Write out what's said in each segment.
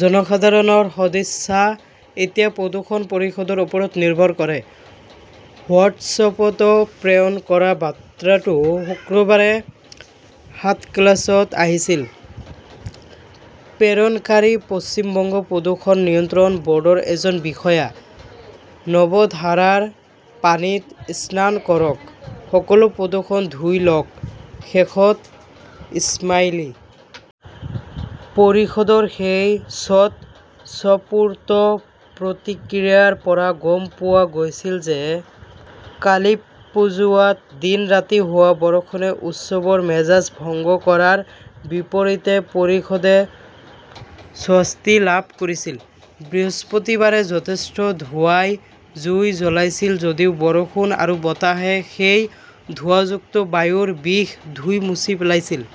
জনসাধাৰণৰ সদিচ্ছা এতিয়া প্ৰদূষণ পৰিষদৰ ওপৰত নিৰ্ভৰ কৰে হোৱাটছএপত প্ৰেৰণ কৰা বাত্ৰাটো শুক্ৰবাৰে সাতক্লাছত আহিছিল। প্ৰেৰণকাৰী পশ্চিম বংগ প্ৰদূষণ নিয়ন্ত্ৰণ বৰ্ডৰ এজন বিষয়া। 'নৱধাৰাৰ পানীত স্নান কৰক। সকলো প্ৰদূষণ ধুই লওঁক। 'শেষত স্মাইলি। পৰিষদৰ সেই স্বতঃস্ফূৰ্ত প্ৰতিক্ৰিয়াৰ পৰা গম পোৱা গৈছিল যে কালিপ্পুজোৱাত দিন-ৰাতি হোৱা বৰষুণে উৎসৱৰ মেজাজ ভংগ কৰাৰ বিপৰীতে পৰিষদে স্বস্তি লাভ কৰিছিল। বৃহস্পতিবাৰে যথেষ্ট ধোঁৱাই জুই জ্বলাইছিল যদিও বৰষুণ আৰু বতাহে সেই ধোঁৱাযুক্ত বায়ুৰ বিষ ধুই মচি পেলাইছিল।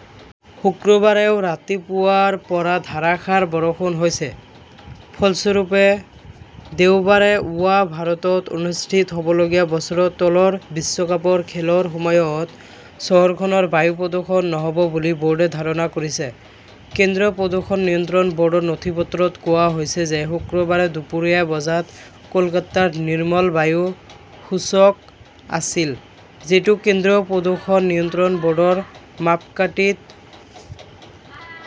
শুক্ৰবাৰেও ৰাতিপুৱাৰ পৰা ধাৰাসাৰ বৰষুণ হৈছে। ফলস্বৰূপে, দেওবাৰে য়ুবা ভাৰতত অনুষ্ঠিত হবলগীয়া বছৰৰ তলৰ বিশ্বকাপৰ খেলৰ সময়ত চহৰখনৰ বায়ু প্ৰদূষণ নহব বুলি বোৰ্ডে ধাৰণা কৰিছে। কেন্দ্ৰীয় প্ৰদূষণ নিয়ন্ত্ৰণ বৰ্ডৰ নথিপত্ৰত কোৱা হৈছে যে শুক্ৰবাৰে দুপৰীয়া বজাত কলকাতাৰ 'নিৰ্মল বায়ু সূচক আছিল, যিটো কেন্দ্ৰীয় প্ৰদূষণ নিয়ন্ত্ৰণ বৰ্ডৰ মাপকাঠীত'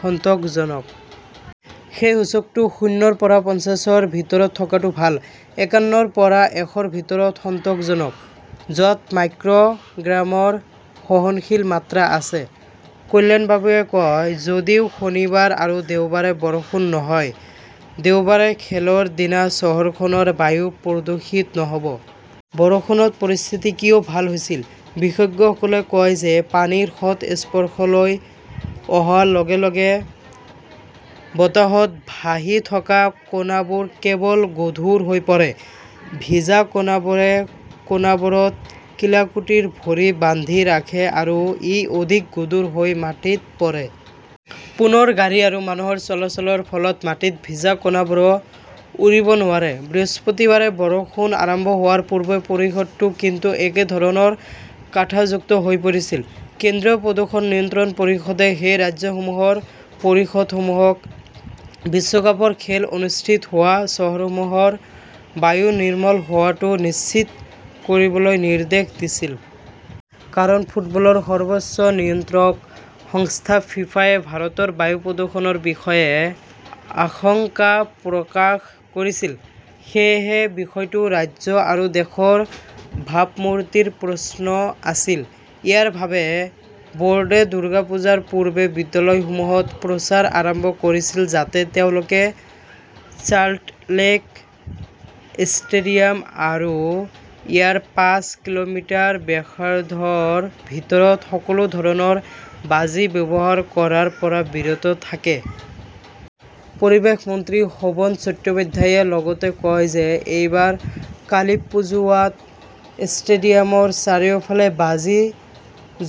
সন্তোষজনক। সেই সূচকটো শূন্য ৰ পৰা পঞ্চাশ ৰ ভিতৰত থকাটো ভাল, একান্ন ৰ পৰা এশ ৰ ভিতৰত সন্তোষজনক। য 'ত মাইক্ৰ' গ্ৰামৰ সহনশীল মাত্ৰা আছে। কল্যাণবাবুৱে কয়, যদিও শনিবাৰ আৰু দেওবাৰে বৰষুণ নহয়, দেওবাৰে খেলৰ দিনা চহৰখনৰ বায়ু প্ৰদূষিত নহব। বৰষুণত পৰিস্থিতি কিয় ভাল হৈছিল? বিশেষজ্ঞসকলে কয় যে পানীৰ সৎস্পৰ্শলৈ অহাৰ লগে-লগে বতাহত ভাহি থকা কণাবোৰ কেৱল গধুৰ হৈ পৰে। ভিজা কণাবোৰে কণাবোৰত কিলাকুটিৰ ভৰি বান্ধি ৰাখে আৰু ই অধিক গধুৰ হৈ মাটিত পৰে। পুনৰ গাড়ী আৰু মানুহৰ চলাচলৰ ফলত মাটিত ভিজা কণাবোৰো উৰিব নোৱাৰে। বৃহস্পতিবাৰে বৰষুণ আৰম্ভ হোৱাৰ পূৰ্বে পৰিষদটো কিন্তু একেধৰণৰ 'কাঁটাযুক্ত হৈ পৰিছিল। কেন্দ্ৰীয় প্ৰদূষণ নিয়ন্ত্ৰণ পৰিষদে সেই ৰাজ্যসমূহৰ পৰিষদসমূহক বিশ্বকাপৰ খেল অনুষ্ঠিত হোৱা চহৰসমূহৰ বায়ু নিৰ্মল হোৱাটো নিশ্চিত কৰিবলৈ নিৰ্দেশ দিছিল। কাৰণ, ফুটবলৰ সৰ্বোচ্চ নিয়ন্ত্ৰক সংস্থা ফিফা-য়ে ভাৰতৰ বায়ু প্ৰদূষণৰ বিষয়ে আশংকা প্ৰকাশ কৰিছিল। সেয়েহে, বিষয়টো ৰাজ্য আৰু দেশৰ ভাবমূৰ্তিৰ প্ৰশ্ন আছিল। ইয়াৰ বাবে, বৰ্ডে দুৰ্গা পূজাৰ পূৰ্বে বিদ্যালয়সমূহত প্ৰচাৰ আৰম্ভ কৰিছিল যাতে তেওঁলোকে চাল্টলেক ষ্টেডিয়াম আৰু ইয়াৰ পাঁচ কিলোমিটাৰ ব্যাসাৰ্ধৰ ভিতৰত সকলো ধৰণৰ বাজি ব্যৱহাৰ কৰাৰ পৰা বিৰত থাকে। পৰিৱেশ মন্ত্ৰী শোভন চট্টোপাধ্যায়ে লগতে কয় যে এইবাৰ কালিপ্পুজোৱাত ষ্টেডিয়ামৰ চাৰিওফালে বাজি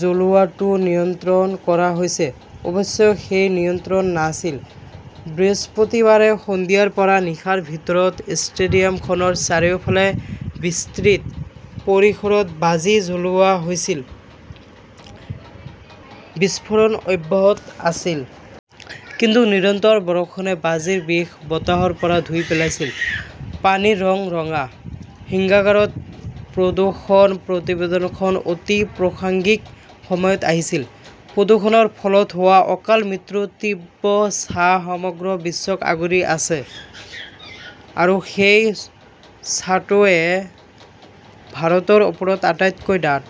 জ্বলোৱাটো নিয়ন্ত্ৰণ কৰা হৈছে। অৱশ্যে সেই নিয়ন্ত্ৰণ নাছিল। বৃহস্পতিবাৰে সন্ধিয়াৰ পৰা নিশাৰ ভিতৰত ষ্টেডিয়ামখনৰ চাৰিওফালে বিস্তৃত পৰিসৰত বাজি জ্বলোৱা হৈছিল, বিস্ফোৰণ অব্যাহত আছিল। কিন্তু নিৰন্তৰ বৰষুণে বাজিৰ বিষ বতাহৰ পৰা ধুই পেলাইছিল। পানীৰ ৰং ৰঙা, সিংগাগাৰত প্ৰদূষণ প্ৰতিবেদনখন অতি প্ৰসাংগিক সময়ত আহিছিল। প্ৰদূষণৰ ফলত হোৱা অকাল মৃত্যুৰ তীব্ৰ ছাঁ সমগ্ৰ বিশ্বক আগুৰি আছে, আৰু সেই ছাঁটোৱে ভাৰতৰ ওপৰত আটাইতকৈ ডাঠ।